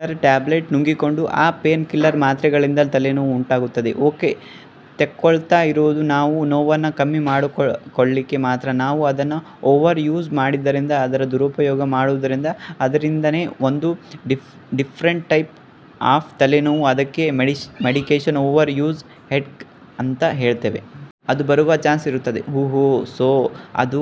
Pain killer tablets ನುಂಗಿಕೊಂಡು ಆ painkiller ಮಾತ್ರೆಗಳಿಂದಲೇ ತಲೆನೋವು ಉಂಟಾಗುತ್ತದೆ. ಓಕೆ ತೆಕ್ಕೊಳ್ತಾ ಇರೋದು ನಾವು ನೋವನ್ನ ಕಮ್ಮಿ ಮಾಡಿಕೊಳ್ಳಿಕ್ಕೆ ಮಾತ್ರ ನಾವು ಅದನ್ನ ಓವರ್ ಯೂಸ್ ಮಾಡಿದ್ದರಿಂದ ಅದರ ದುರುಪಯೋಗ ಮಾಡುವುದರಿಂದ ಅದರಿಂದನೇ ಒಂದು ಡಿಫರೆಂಟ್ ಟೈಪ್ ಆಫ್ ತಲೆನೋವು ಅದಕ್ಕೆ ಮೆಡಿಕೇಶನ್ ಓವರ್ ಯೂಸ್ ಹೆಡ್ಕ್ ಅಂತ ಹೇಳ್ತೇವೆ. ಅದು ಬರುವ ಚಾನ್ಸ್ ಇರುತ್ತದೆ. ಹು ಹು ಸೊ ಅದು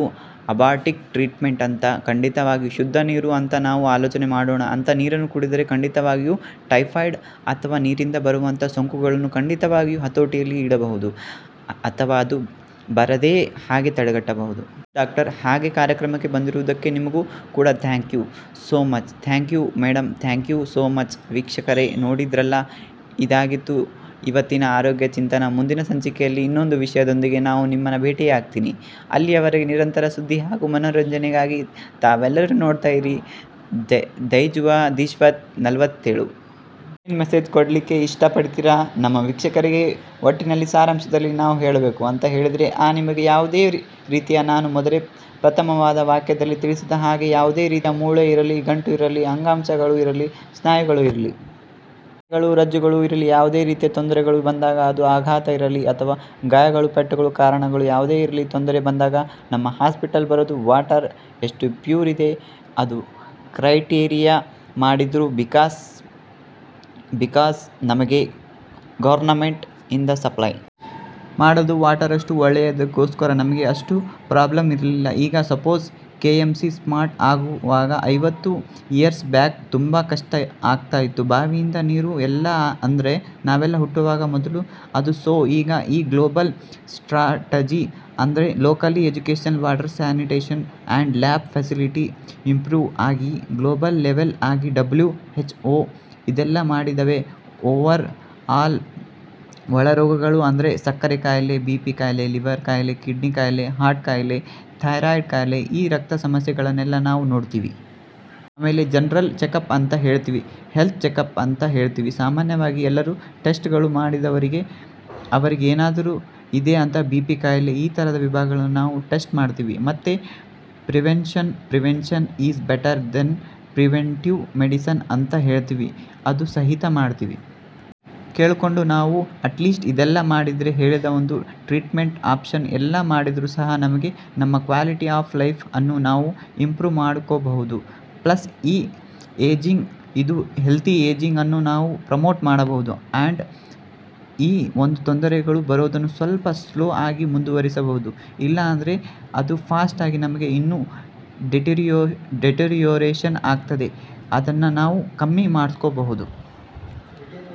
ಅಬಾರ್ಟಿವ್ ಟ್ರೀಟ್ಮೆಂಟ್ ಅಂತ. ಖಂಡಿತವಾಗಿಯೂ ಶುದ್ಧ ನೀರು ಅಂತ ನಾವು ಆಲೋಚನೆ ಮಾಡೋಣ ಅಂತ ನೀರನ್ನು ಕುಡಿದರೆ ಖಂಡಿತವಾಗಿಯೂ ಟೈಫಾಯ್ಡ್ ಅಥವಾ ನೀರಿಂದ ಬರುವಂತಹ ಸೋಂಕುಗಳನ್ನು ಖಂಡಿತವಾಗಿಯೂ ಹತೋಟಿಯಲ್ಲಿ ಇಡಬಹುದು ಅಥವಾ ಅದನ್ನು ಬರೆದ ಹಾಗೆ ತಡೆಗಟ್ಟಬಹುದು. ಎಸ್ ಡಾಕ್ಟರ್ ಹಾಗೆ ಕಾರ್ಯಕ್ರಮಕ್ಕೆ ಬಂದಿರುವುದಕ್ಕೆ ನಿಮಗೂ ಕೂಡ thank you so much thank you madam thank you so much ವೀಕ್ಷಕರೇ ನೋಡಿದ್ರಲ್ಲ ಇದಾಗಿತ್ತು ಇವತ್ತಿನ ಆರೋಗ್ಯ ಚಿಂತನ ಮುಂದಿನ ಸಂಚಿಕೆಯಲ್ಲಿ ಇನ್ನೊಂದು ವಿಷಯದೊಂದಿಗೆ ನಾನು ನಿಮ್ಮನ್ನ ಭೇಟಿಯಾಗ್ತೀನಿ ಅಲ್ಲಿಯವರೆಗೂ ನಿರಂತರ ಸುದ್ದಿ ಹಾಗೂ ಮನೋರಂಜನೆಗಾಗಿ ತಾವೆಲ್ಲರೂ ನೋಡ್ತಾ ಇರಿ ದೈಜುವ ದ್ವಿಶತ ನಲವತ್ತೇಳು. ಏನ್ ಮೆಸೇಜ್ ಕೊಡ್ಲಿಕ್ಕೆ ಇಷ್ಟ ಪಡ್ತೀರಾ ನಮ್ಮ ವೀಕ್ಷಕರಿಗೆ ಒಟ್ಟಿನಲ್ಲಿ ಸಾರಾಂಶದಲ್ಲಿ ನಾನು ಹೇಳಬೇಕು ಅಂತ ಹೇಳಿದ್ರೆ ಆ ನಿಮಗೆ ಯಾವುದೇ ರೀತಿಯ ನಾನು ಮೊದಲೇ ಪ್ರಥಮವಾದ ವಾಕ್ಯದಲ್ಲಿ ತಿಳಿಸಿದ ಹಾಗೆ ಯಾವುದೇ ರೀತಿಯ ಮೂಳೆ ಇರಲಿ ಗಂಟು ಇರಲಿ ಅಂಗಾಂಶಗಳು ಇರಲಿ ಸ್ನಾಯುಗಳು ಇರಲಿ ಸ್ನಾಯುಗಳು ರಜ್ಜುಗಳು ಇರಲಿ ಯಾವುದೇ ರೀತಿಯ ತೊಂದರೆಗಳು ಬಂದಾಗ ಅದು ಆಘಾತ ಇರಲಿ ಅಥವಾ ಗಾಯಗಳು ಪೆಟ್ಟುಗಳು ಕಾರಣಗಳು ಯಾವುದೇ ಇರಲಿ ತೊಂದರೆ ಬಂದಾಗ ನಮ್ಮ ಹಾಸ್ಪಿಟಲ್ ಬರೋದು ವಾಟರ್ ಎಷ್ಟು ಪ್ಯೂರ್ ಇದೆ ಅದು ಕ್ರೈಟೀರಿಯಾ ಮಾಡಿದ್ರು ಬಿಕಾಸ್ ನಮಗೆ ಗೌರ್ನಮೆಂಟ್ ಇಂದ ಸಪ್ಲೈ ಮಾಡೋದು ವಾಟರ್ ಅಷ್ಟು ಒಳ್ಳೆಯದಕ್ಕೋಸ್ಕರ ನಮಗೆ ಅಷ್ಟು ಪ್ರಾಬ್ಲಮ್ ಇರಲಿಲ್ಲ ಈಗ ಸಪೋಸ್ ಕೆಎಂಸಿ ಸ್ಟಾರ್ಟ್ ಆಗುವಾಗ ಐವತ್ತು ಇಯರ್ಸ್ ಬ್ಯಾಕ್ ತುಂಬಾ ಕಷ್ಟ ಆಗ್ತಾ ಇತ್ತು ಬಾವಿಯಿಂದ ನೀರು ಎಲ್ಲ ಅಂದ್ರೆ ನಾವೆಲ್ಲ ಹುಟ್ಟುವಾಗ ಮೊದಲು ಅದು ಸೋ ಈಗ ಈ ಗ್ಲೋಬಲ್ ಸ್ಟ್ರಾಟಜಿ ಅಂದ್ರೆ locally education water sanitation and lab facilities improve ಆಗಿದೆ ಗ್ಲೋಬಲ್ ಲೆವೆಲ್ ಅಲ್ಲಿ ಡಬ್ಲ್ಯೂ ಹೆಚ್ ಓ ಇದೆಲ್ಲ ಮಾಡಿದವೆ ಓವರ್ ಆಲ್ ಒಳ ರೋಗಗಳು ಅಂದ್ರೆ ಸಕ್ಕರೆ ಕಾಯಿಲೆ ಬಿಪಿ ಕಾಯಿಲೆ ಲಿವರ್ ಕಾಯಿಲೆ ಕಿಡ್ನಿ ಕಾಯಿಲೆ ಹಾರ್ಟ್ ಕಾಯಿಲೆ ಥೈರಾಯಿಡ್ ಕಾಯಿಲೆ ಈ ರಕ್ತ ಸಮಸ್ಯೆಗಳನ್ನೆಲ್ಲ ನಾವು ನೋಡ್ತೀವಿ. ಆಮೇಲೆ ಜನರಲ್ ಚೆಕ್ಅಪ್ ಅಂತ ಹೇಳ್ತೀವಿ. ಹೆಲ್ತ್ ಚೆಕ್ಅಪ್ ಅಂತ ಹೇಳ್ತೀವಿ. ಸಾಮಾನ್ಯವಾಗಿ ಎಲ್ಲರ ಟೆಸ್ಟ್ ಗಳು ಮಾಡಿದವರಿಗೆ ಅವರಿಗೆ ಏನಾದರೂ ಇದೆ ಅಂತ ಬಿಪಿ ಕಾಯಿಲೆ ಈ ತರದ ವಿಭಾಗಗಳನ್ನು ನಾವು ಟೆಸ್ಟ್ ಮಾಡ್ತೀವಿ ಮತ್ತೆ prevention prevention is better than preventive medicine ಅಂತ ಹೇಳ್ತಿವಿ ಅದು ಸಹಿತ ಮಾಡ್ತೀವಿ. ಕೇಳ್ಕೊಂಡು ನಾವು ಅಟ್ಲೀಸ್ಟ್ ಇದೆಲ್ಲ ಮಾಡಿದ್ರೆ ಹೇಳಿದ ಒಂದು ಟ್ರೀಟ್ಮೆಂಟ್ ಆಪ್ಷನ್ಸ್ ಎಲ್ಲ ಮಾಡಿದ್ರು ಸಹ ನಮಗೆ ನಮ್ಮ ಕ್ವಾಲಿಟಿ ಆಫ್ ಲೈಫ್ ಅನ್ನು ನಾವು ಇಂಪ್ರೂವ್ ಮಾಡ್ಕೋಬಹುದು ಪ್ಲಸ್ ಈ ಏಜಿಂಗ್ ಇದು ಹೆಲ್ದಿ ಏಜಿಂಗ್ ಅನ್ನು ನಾವು ಪ್ರಮೋಟ್ ಮಾಡಬಹುದು ಅಂಡ್ ಈ ಒಂದು ತೊಂದರೆಗಳು ಬರೋದನ್ನು ಸ್ವಲ್ಪ ಸ್ಲೋ ಆಗಿ ಮುಂದುವರಿಸಬಹುದು ಇಲ್ಲ ಅಂದ್ರೆ ಅದು ಫಾಸ್ಟ್ ಆಗಿ ನಮಗೆ ಇನ್ನು ಡಿಟಿಯೋರೇಷನ್ ಆಗ್ತದೆ ಅದನ್ನ ನಾವು ಕಮ್ಮಿ ಮಾಡಿಸ್ಕೊಬಹುದು.